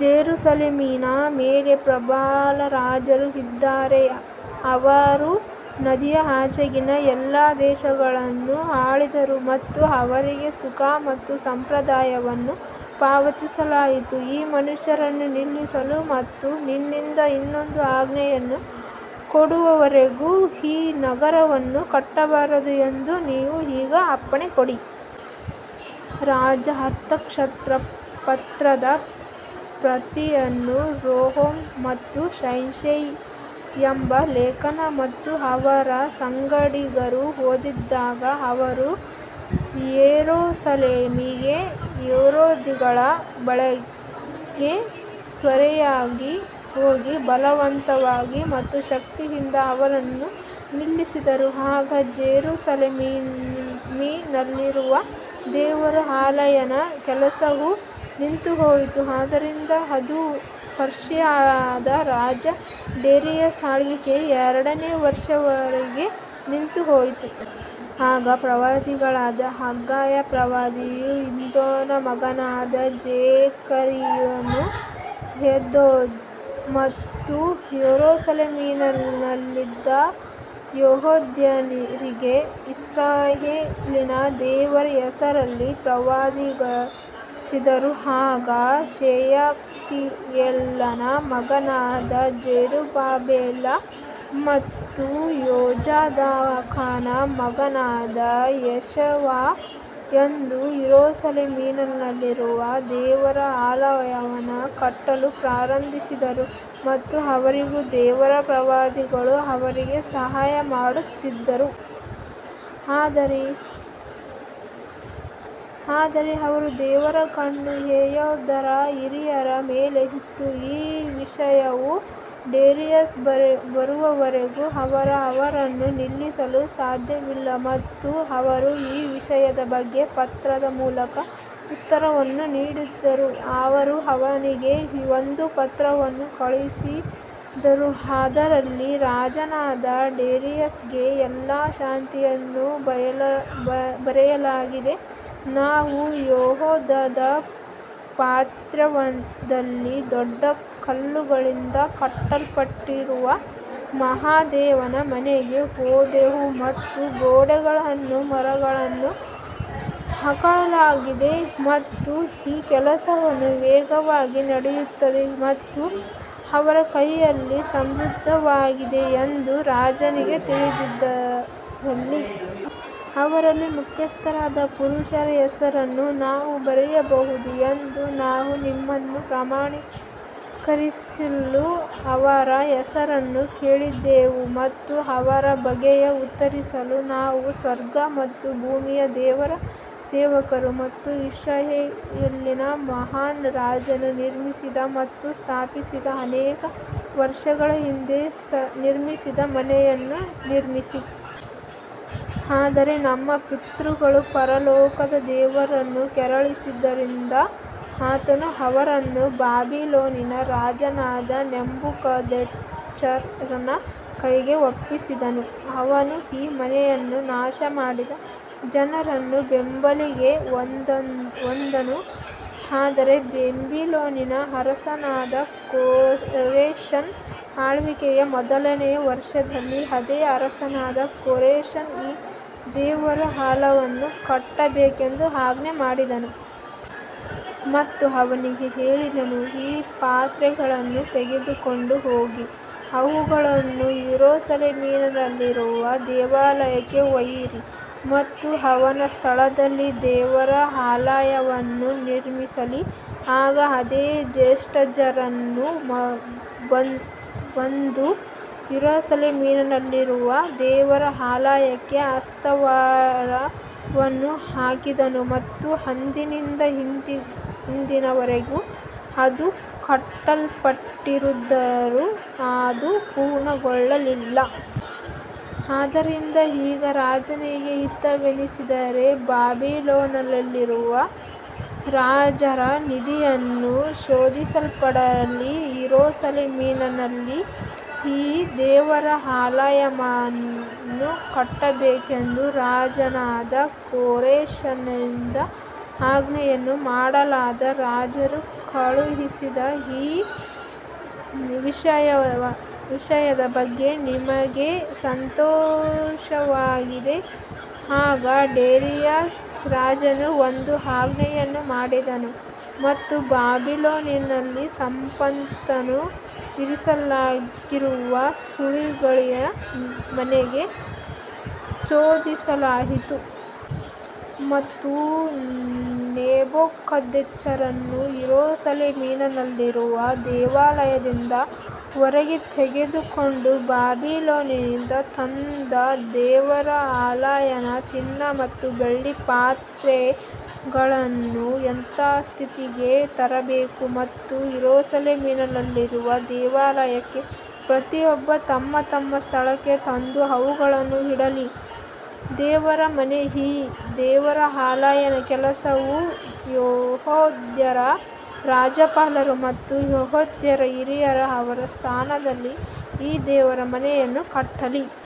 ಜೆರುಸಲೇಮಿನ ಮೇಲೆ ಪ್ರಬಲ ರಾಜರು ಇದ್ದಾರೆ, ಅವರು ನದಿಯ ಆಚೆಗಿನ ಎಲ್ಲಾ ದೇಶಗಳನ್ನು ಆಳಿದರು ಮತ್ತು ಅವರಿಗೆ ಸುಂಕ ಮತ್ತು ಸಂಪ್ರದಾಯವನ್ನು ಪಾವತಿಸಲಾಯಿತು. ಈ ಮನುಷ್ಯರನ್ನು ನಿಲ್ಲಿಸಲು ಮತ್ತು ನನ್ನಿಂದ ಇನ್ನೊಂದು ಆಜ್ಞೆಯನ್ನು ಕೊಡುವವರೆಗೂ ಈ ನಗರವನ್ನು ಕಟ್ಟಬಾರದು ಎಂದು ನೀವು ಈಗ ಅಪ್ಪಣೆ ಕೊಡಿ. ರಾಜ ಅರ್ತಷಸ್ತ ಪತ್ರದ ಪ್ರತಿಯನ್ನು ರೆಹೂಮ್ ಮತ್ತು ಶಿಂಶೈ ಎಂಬ ಲೇಖಕ ಮತ್ತು ಅವರ ಸಂಗಡಿಗರು ಓದಿದಾಗ ಅವರು ಯೆರೂಸಲೇಮಿಗೆ ಯಹೂದಿಗಳ ಬಳಿಗೆ ತ್ವರೆಯಾಗಿ ಹೋಗಿ ಬಲವಂತವಾಗಿ ಮತ್ತು ಶಕ್ತಿಯಿಂದ ಅವರನ್ನು ನಿಲ್ಲಿಸಿದರು. ಆಗ ಜೆರುಸಲೇಮಿನಲ್ಲಿರುವ ದೇವರ ಆಲಯದ ಕೆಲಸವು ನಿಂತುಹೋಯಿತು, ಆದ್ದರಿಂದ ಅದು ಪರ್ಷಿಯಾದ ರಾಜ ಡೇರಿಯಸ್ ಆಳ್ವಿಕೆಯ ಎರಡನೇ ವರ್ಷದವರೆಗೆ ನಿಂತುಹೋಯಿತು. ಆಗ ಪ್ರವಾದಿಗಳಾದ ಹಗ್ಗಾಯ ಪ್ರವಾದಿಯೂ ಇದ್ದೋನ ಮಗನಾದ ಜೆಕರೀಯನೂ ಯೆಹೂದ ಮತ್ತು ಯೆರೂಸಲೇಮಿನಲ್ಲಿದ್ದ ಯೆಹೂದ್ಯರಿಗೆ ಇಸ್ರಾಯೇಲಿನ ದೇವರ ಹೆಸರಿನಲ್ಲಿ ಪ್ರವಾದಿಸಿದರು. ಆಗ ಶೆಯಲ್ತೀಯೇಲನ ಮಗನಾದ ಜೆರುಬ್ಬಾಬೆಲ್ ಮತ್ತು ಯೋಜಾದಾಕನ ಮಗನಾದ ಯೇಷುವಾ ಎದ್ದು ಯೆರೂಸಲೇಮಿನಲ್ಲಿರುವ ದೇವರ ಆಲಯವನ್ನು ಕಟ್ಟಲು ಪ್ರಾರಂಭಿಸಿದರು ಮತ್ತು ಅವರೊಂದಿಗೆ ದೇವರ ಪ್ರವಾದಿಗಳು ಅವರಿಗೆ ಸಹಾಯಮಾಡುತ್ತಿದ್ದರು. ಆದರೆ ಅವರ ದೇವರ ಕಣ್ಣು ಯೆಹೂದ್ಯರ ಹಿರಿಯರ ಮೇಲೆ ಇತ್ತು, ಈ ವಿಷಯವು ಡೇರಿಯಸ್ಗೆ ಬರುವವರೆಗೂ ಅವರು ಅವರನ್ನು ನಿಲ್ಲಿಸಲು ಸಾಧ್ಯವಿಲ್ಲ ಮತ್ತು ಅವರು ಈ ವಿಷಯದ ಬಗ್ಗೆ ಪತ್ರದ ಮೂಲಕ ಉತ್ತರವನ್ನು ನೀಡಿದರು. ಅವರು ಅವನಿಗೆ ಒಂದು ಪತ್ರವನ್ನು ಕಳುಹಿಸಿದರು, ಅದರಲ್ಲಿ ರಾಜನಾದ ಡೇರಿಯಸ್ಗೆ ಎಲ್ಲಾ ಶಾಂತಿಯನ್ನು ಬರೆಯಲಾಗಿದೆ ನಾವು ಯೆಹೂದದ ಪ್ರಾಂತ್ಯದಲ್ಲಿ ದೊಡ್ಡ ಕಲ್ಲುಗಳಿಂದ ಕಟ್ಟಲ್ಪಟ್ಟಿರುವ ಮಹಾದೇವನ ಮನೆಗೆ ಹೋದೆವು ಮತ್ತು ಗೋಡೆಗಳಲ್ಲಿ ಮರಗಳನ್ನು ಹಾಕಲಾಗಿದೆ ಮತ್ತು ಈ ಕೆಲಸವು ವೇಗವಾಗಿ ನಡೆಯುತ್ತದೆ ಮತ್ತು ಅವರ ಕೈಯಲ್ಲಿ ಸಮೃದ್ಧವಾಗಿದೆ ಎಂದು ರಾಜನಿಗೆ ತಿಳಿದಿರಲಿ. ಅವರಲ್ಲಿ ಮುಖ್ಯಸ್ಥರಾದ ಪುರುಷರ ಹೆಸರನ್ನು ನಾವು ಬರೆಯಬಹುದು ಎಂದು ನಾವು ನಿಮ್ಮನ್ನು ಪ್ರಮಾಣೀಕರಿಸಲು ಅವರ ಹೆಸರನ್ನು ಕೇಳಿದೆವು. ಮತ್ತು ಅವರು ನಮಗೆ ಉತ್ತರಿಸಿದರು, ನಾವು ಸ್ವರ್ಗ ಮತ್ತು ಭೂಮಿಯ ದೇವರ ಸೇವಕರು ಮತ್ತು ಇಸ್ರಾಯೇಲಿನ ಮಹಾನ್ ರಾಜನು ನಿರ್ಮಿಸಿದ ಮತ್ತು ಸ್ಥಾಪಿಸಿದ ಅನೇಕ ವರ್ಷಗಳ ಹಿಂದೆ ನಿರ್ಮಿಸಿದ ಮನೆಯನ್ನು ನಿರ್ಮಿಸಿ. ಆದರೆ ನಮ್ಮ ಪಿತೃಗಳು ಪರಲೋಕದ ದೇವರನ್ನು ಕೆರಳಿಸಿದ್ದರಿಂದ ಆತನು ಅವರನ್ನು ಬಾಬಿಲೋನಿನ ರಾಜನಾದ ನೆಬೂಕದ್ನೆಚ್ಚರನ ಕೈಗೆ ಒಪ್ಪಿಸಿದನು, ಅವನು ಈ ಮನೆಯನ್ನು ನಾಶಮಾಡಿ ಜನರನ್ನು ಬಾಬೆಲಿಗೆ ಒಯ್ದನು. ಆದರೆ ಬಾಬಿಲೋನಿನ ಅರಸನಾದ ಕೋರೆಷನ ಆಳ್ವಿಕೆಯ ಮೊದಲನೆಯ ವರ್ಷದಲ್ಲಿ ಅದೇ ಅರಸನಾದ ಕೋರೆಷನು ಈ ದೇವರ ಆಲಯವನ್ನು ಕಟ್ಟಬೇಕೆಂದು ಆಜ್ಞೆ ಮಾಡಿದನು. ಮತ್ತು ಅವನಿಗೆ ಹೇಳಿದನು, ಈ ಪಾತ್ರೆಗಳನ್ನು ತೆಗೆದುಕೊಂಡು ಹೋಗಿ ಅವುಗಳನ್ನು ಯೆರೂಸಲೇಮಿನಲ್ಲಿರುವ ದೇವಾಲಯಕ್ಕೆ ಒಯ್ಯಿರಿ ಮತ್ತು ಅವನ ಸ್ಥಳದಲ್ಲಿ ದೇವರ ಆಲಯವನ್ನು ನಿರ್ಮಿಸಲಿ. ಆಗ ಅದೇ ಶೇಷ್ಬಜ್ಜರನು ಬಂದು ಯೆರೂಸಲೇಮಿನಲ್ಲಿರುವ ದೇವರ ಆಲಯಕ್ಕೆ ಅಸ್ತಿವಾರವನ್ನು ಹಾಕಿದನು ಮತ್ತು ಅಂದಿನಿಂದ ಇಂದಿನ ವರೆಗೂ ಅದು ಕಟ್ಟಲ್ಪಟ್ಟಿದ್ದರೂ ಅದು ಪೂರ್ಣಗೊಳ್ಳಲಿಲ್ಲ. ಆದದರಿಂದ ಈಗ ರಾಜನಿಗೆ ಹಿತವೆನಿಸಿದರೆ ಬಾಬಿಲೋನಿನಲ್ಲಿರುವ ರಾಜರ ನಿಧಿಯಲ್ಲಿ ಶೋಧಿಸಲ್ಪಡಲಿ, ಯೆರೂಸಲೇಮಿನಲ್ಲಿ ಈ ದೇವರ ಆಲಯವನ್ನು ಕಟ್ಟಬೇಕೆಂದು ರಾಜನಾದ ಕೋರೆಷನಿಂದ ಆಜ್ಞೆಯನ್ನು ಮಾಡಲಾಗಿ ರಾಜನು ಕಳುಹಿಸಲಿ. ಈ ವಿಷಯದ ಬಗ್ಗೆ ನಮಗೆ ಸಂತೋಷವಾಗಿದೆ ಆಗ ಡೇರಿಯಸ್ ರಾಜನು ಒಂದು ಆಜ್ಞೆಯನ್ನು ಮಾಡಿದನು ಮತ್ತು ಬಾಬಿಲೋನಿನಲ್ಲಿ ಸಂಪತ್ತನ್ನು ಇರಿಸಲಾಗಿರುವ ಸುರುಳಿಗಳ ಮನೆಯಲ್ಲಿ ಶೋಧಿಸಲಾಯಿತು. ಮತ್ತು ನೆಬೂಕದ್ನೆಚ್ಚರನು ಯೆರೂಸಲೇಮಿನಲ್ಲಿರುವ ದೇವಾಲಯದಿಂದ ಹೊರಗೆ ತೆಗೆದುಕೊಂಡು ಬಾಬಿಲೋನಿಗೆ ತಂದ ದೇವರ ಆಲಯದ ಚಿನ್ನ ಮತ್ತು ಬೆಳ್ಳಿಯ ಪಾತ್ರೆಗಳನ್ನು ಯಥಾಸ್ಥಿತಿಗೆ ತರಬೇಕು ಮತ್ತು ಯೆರೂಸಲೇಮಿನಲ್ಲಿರುವ ದೇವಾಲಯಕ್ಕೆ ಪ್ರತಿಯೊಬ್ಬರು ತಮ್ಮ ತಮ್ಮ ಸ್ಥಳಕ್ಕೆ ತಂದು ಅವುಗಳನ್ನು ಇಡಲಿ. ದೇವರ ಮನೆ ಈ ದೇವರ ಆಲಯದ ಕೆಲಸವು ಯೆಹೂದ್ಯರ ರಾಜ್ಯಪಾಲರು ಮತ್ತು ಯೆಹೂದ್ಯರ ಹಿರಿಯರು ಅವನ ಸ್ಥಾನದಲ್ಲಿ ಈ ದೇವರ ಮನೆಯನ್ನು ಕಟ್ಟಲಿ.